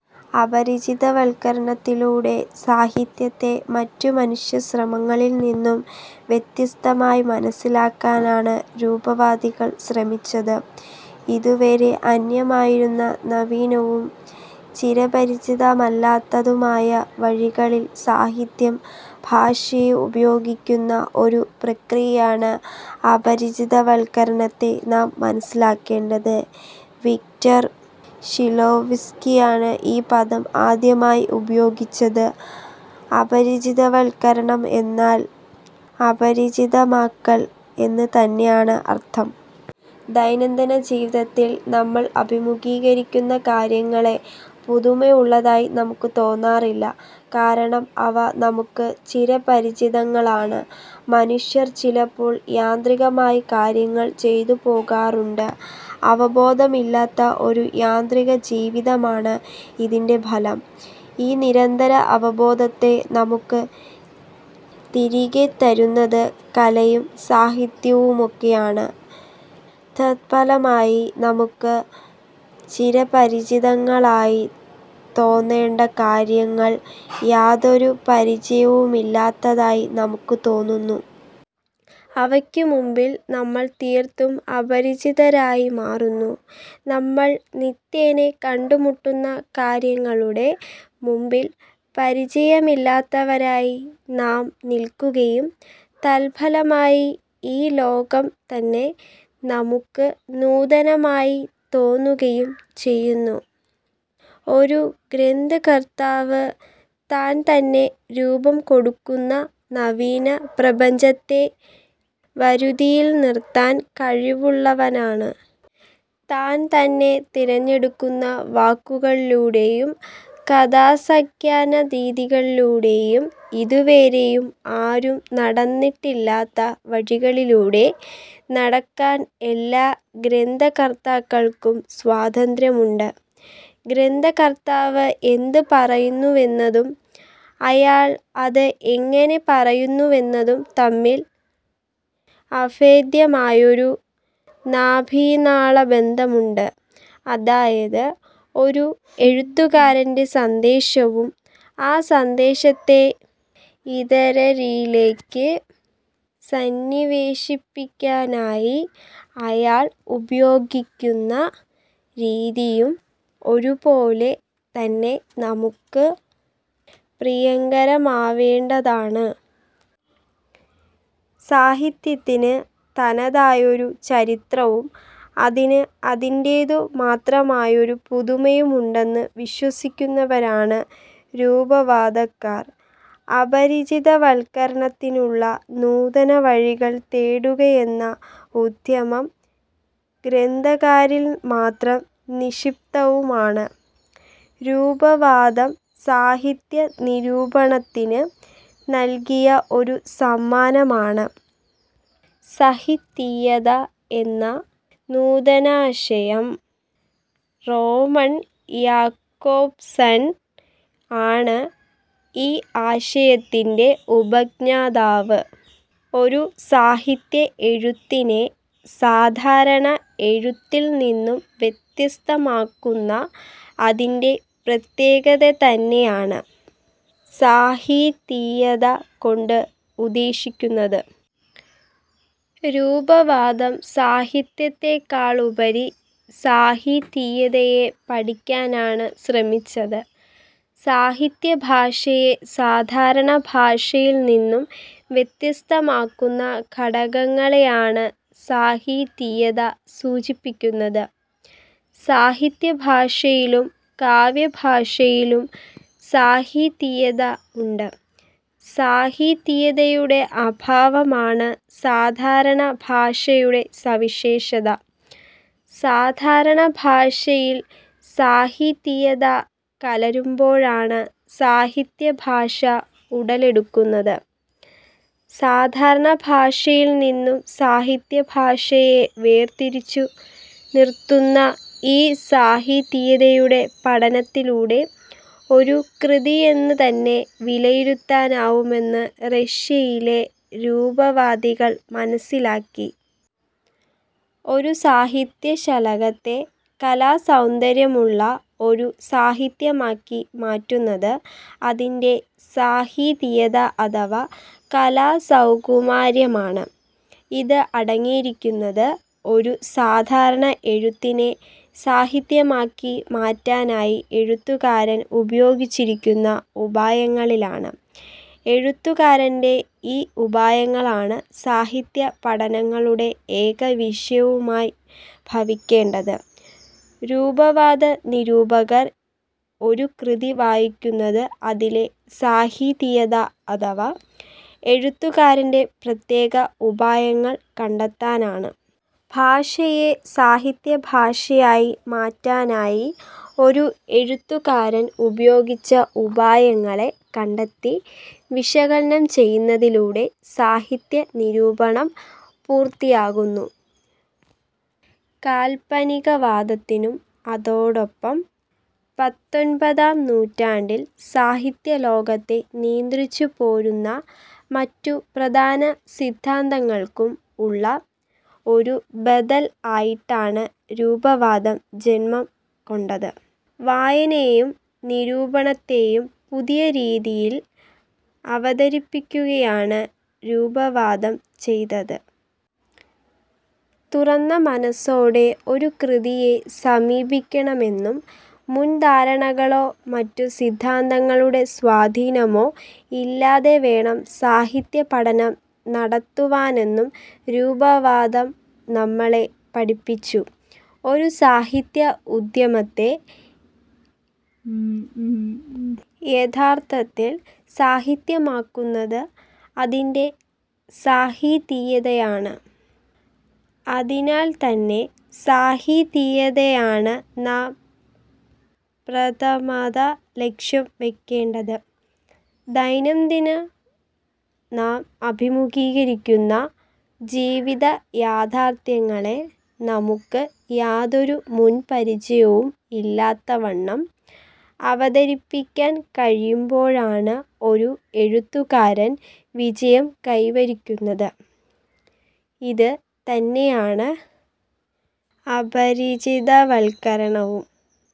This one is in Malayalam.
അപരിചിതവത്കരണത്തിലൂടെ സാഹിത്യത്തെ മറ്റു മനുഷ്യ ശ്രമങ്ങളിൽ നിന്നും വ്യത്യസ്തമായി മനസ്സിലാക്കാനാണ് രൂപവാദികൾ ശ്രമിച്ചത്. ഇതുവരെ അന്യമായിരുന്ന നവീനവും ചിരപരിചിതമല്ലാത്തതുമായ വഴികളിൽ സാഹിത്യം ഭാഷയെ ഉപയോഗിക്കുന്ന ഒരു പ്രക്രിയയായാണ് അപരിചിതവത്കരണത്തെ നാം മനസ്സിലാക്കേണ്ടത്. വിക്ടർ ഷ്ലോവ്സ്കിയാണ് ഈ പദം ആദ്യമായി ഉപയോഗിച്ചത്. അപരിചിതവത്കരണം എന്നാൽ അപരിചിതമാക്കൽ എന്ന് തന്നെയാണ് അർത്ഥം. ദൈനംദിന ജീവിതത്തിൽ നമ്മൾ അഭിമുഖീകരിക്കുന്ന കാര്യങ്ങളെ പുതുമയുള്ളതായി നമുക്ക് തോന്നാറില്ല. കാരണം അവ നമുക്ക് ചിരപരിചിതങ്ങളാണ്. മനുഷ്യർ ചിലപ്പോൾ യാന്ത്രികമായി കാര്യങ്ങൾ ചെയ്തുപോകാറുണ്ട്. അവബോധമില്ലാത്ത ഒരു യാന്ത്രിക ജീവിതമാണ് ഇതിൻ്റെ ഫലം. ഈ നിരന്തര അവബോധത്തെ നമുക്ക് തിരികെത്തരുന്നത് കലയും സാഹിത്യവുമൊക്കെയാണ്. തത്ഫലമായി നമുക്ക് ചിരപരിചിതങ്ങളായി തോന്നേണ്ട കാര്യങ്ങൾ യാതൊരു പരിചയവുമില്ലാത്തതായി നമുക്ക് തോന്നുന്നു. അവയ്ക്ക് മുമ്പിൽ നമ്മൾ തീർത്തും അപരിചിതരായി മാറുന്നു. നമ്മൾ നിത്യേന കണ്ടുമുട്ടുന്ന കാര്യങ്ങളുടെ മുമ്പിൽ പരിചയമില്ലാത്തവരായി നാം നില്ക്കുകയും, തത്ഫലമായി ഈ ലോകം തന്നെ നമുക്ക് നൂതനമായി തോന്നുകയും ചെയ്യുന്നു. ഒരു ഗ്രന്ഥകർത്താവ് താൻ തന്നെ രൂപം കൊടുക്കുന്ന നവീന പ്രപഞ്ചത്തെ വരുതിയിൽ നിർത്താൻ കഴിവുള്ളവനാണ്. താൻ തന്നെ തിരഞ്ഞെടുക്കുന്ന വാക്കുകളിലൂടെയും കഥാസഖ്യാനരീതിയിലൂടെയും ഇതുവരെയും ആരും നടന്നിട്ടില്ലാത്ത വഴികളിലൂടെ നടക്കാൻ എല്ലാ ഗ്രന്ഥകർത്താക്കൾക്കും സ്വാതന്ത്ര്യമുണ്ട്. ഗ്രന്ഥകർത്താവ് എന്ത് പറയുന്നുവെന്നതും അയാൾ അത് എങ്ങനെ പറയുന്നുവെന്നതും തമ്മിൽ അഭേദ്യമായൊരു നാഭീനാള ബന്ധമുണ്ട്. അതായത്, ഒരു എഴുത്തുകാരൻ്റെ സന്ദേശവും ആ സന്ദേശത്തെ ഇതരരിലേക്ക് സന്നിവേശിപ്പിക്കാനായി അയാൾ ഉപയോഗിക്കുന്ന രീതിയും ഒരുപോലെ തന്നെ നമുക്ക് പ്രിയങ്കരമാവേണ്ടതാണ്. സാഹിത്യത്തിന് തനതായൊരു ചരിത്രവും അതിന് അതിന്റേതു മാത്രമായൊരു പുതുമയുമുണ്ടെന്ന് വിശ്വസിക്കുന്നവരാണ് രൂപവാദക്കാർ. അപരിചിതവത്കരണത്തിനുള്ള നൂതന വഴികൾ തേടുകയെന്ന ഉദ്യമം ഗ്രന്ഥകാരിൽ മാത്രം നിക്ഷിപ്തവുമാണ്. രൂപവാദം സാഹിത്യ നിരൂപണത്തിന് നൽകിയ ഒരു സമ്മാനമാണ് സഹിതീയത എന്ന നൂതനാശയം. റോമൻ യാക്കോബ്സൺ ആണ് ഈ ആശയത്തിൻ്റെ ഉപജ്ഞാതാവ്. ഒരു സാഹിത്യ എഴുത്തിനെ സാധാരണ എഴുത്തിൽ നിന്നും വ്യത്യസ്തമാക്കുന്ന അതിൻ്റെ പ്രത്യേകതതന്നെയാണ് സാഹിതീയത കൊണ്ട് ഉദ്ദേശിക്കുന്നത്. രൂപവാദം സാഹിത്യത്തെക്കാളുപരി സാഹിതീയതയെ പഠിക്കാനാണ് ശ്രമിച്ചത്. സാഹിത്യ ഭാഷയെ സാധാരണ ഭാഷയിൽ നിന്നും വ്യത്യസ്തമാക്കുന്ന ഘടകങ്ങളെയാണ് സാഹിതീയത സൂചിപ്പിക്കുന്നത്. സാഹിത്യ ഭാഷയിലും കാവ്യഭാഷയിലും സാഹിതീയത ഉണ്ട്. സാഹിതീയതയുടെ അഭാവമാണ് സാധാരണ ഭാഷയുടെ സവിശേഷത. സാധാരണ ഭാഷയിൽ സാഹിതീയത കലരുമ്പോഴാണ് സാഹിത്യഭാഷ ഉടലെടുക്കുന്നത്. സാധാരണ ഭാഷയിൽ നിന്നും സാഹിത്യഭാഷയെ വേർതിരിച്ചു നിർത്തുന്ന ഈ സാഹിതീയതയുടെ പഠനത്തിലൂടെ ഒരു കൃതിയെന്ന്തന്നെ വിലയിരുത്താനാവുമെന്ന് റഷ്യയിലെ രൂപവാദികൾ മനസ്സിലാക്കി. ഒരു സാഹിത്യ ശലകത്തെ കലാസൗന്ദര്യമുള്ള ഒരു സാഹിത്യമാക്കി മാറ്റുന്നത് അതിൻ്റെ സാഹിതീയത അഥവാ കലാസൗകുമാര്യമാണ്. ഇത് അടങ്ങിയിരിക്കുന്നത് ഒരു സാധാരണ എഴുത്തിനെ സാഹിത്യമാക്കി മാറ്റാനായി എഴുത്തുകാരൻ ഉപയോഗിച്ചിരിക്കുന്ന ഉപായങ്ങളിലാണ്. എഴുത്തുകാരൻ്റെ ഈ ഉപായങ്ങളാണ് സാഹിത്യ പഠനങ്ങളുടെ ഏക വിഷയവുമായി ഭവിക്കേണ്ടത്. രൂപവാദ നിരൂപകർ ഒരു കൃതി വായിക്കുന്നത് അതിലെ സാഹിതീയത അഥവാ എഴുത്തുകാരൻ്റെ പ്രത്യേക ഉപായങ്ങൾ കണ്ടെത്താനാണ്. ഭാഷയെ സാഹിത്യ ഭാഷയായി മാറ്റാനായി ഒരു എഴുത്തുകാരൻ ഉപയോഗിച്ച ഉപായങ്ങളെ കണ്ടെത്തി വിശകലനം ചെയ്യുന്നതിലൂടെ സാഹിത്യ നിരൂപണം പൂർത്തിയാകുന്നു. കാൽപ്പനികവാദത്തിനും അതോടൊപ്പം പത്തൊൻപതാം നൂറ്റാണ്ടിൽ സാഹിത്യ ലോകത്തെ നിയന്ത്രിച്ചു പോരുന്ന മറ്റു പ്രധാന സിദ്ധാന്തങ്ങൾക്കും ഉള്ള ഒരു ബദൽ ആയിട്ടാണ് രൂപവാദം ജന്മം കൊണ്ടത്. വായനയെയും നിരൂപണത്തെയും പുതിയ രീതിയിൽ അവതരിപ്പിക്കുകയാണ് രൂപവാദം ചെയ്തത്. തുറന്ന മനസ്സോടെ ഒരു കൃതിയെ സമീപിക്കണമെന്നും മുൻധാരണകളോ മറ്റു സിദ്ധാന്തങ്ങളുടെ സ്വാധീനമോ ഇല്ലാതെ വേണം സാഹിത്യ പഠനം നടത്തുവാനെന്നും രൂപവാദം നമ്മളെ പഠിപ്പിച്ചു. ഒരു സാഹിത്യ ഉദ്യമത്തെ യഥാർത്ഥത്തിൽ സാഹിത്യമാക്കുന്നത് അതിൻ്റെ സാഹിതീയതയാണ്. അതിനാൽത്തന്നെ സാഹിതീയതയെയാണ് നാം പ്രഥമത ലക്ഷ്യം വെയ്ക്കേണ്ടത്. ദൈനംദിനം നാം അഭിമുഖീകരിക്കുന്ന ജീവിത യാഥാർത്ഥ്യങ്ങളെ നമുക്ക് യാതൊരു മുൻപരിചയവും ഇല്ലാത്ത വണ്ണം അവതരിപ്പിക്കാൻ കഴിയുമ്പോഴാണ് ഒരു എഴുത്തുകാരൻ വിജയം കൈവരിക്കുന്നത്. ഇത് തന്നെയാണ് അപരിചിതവത്കരണവും.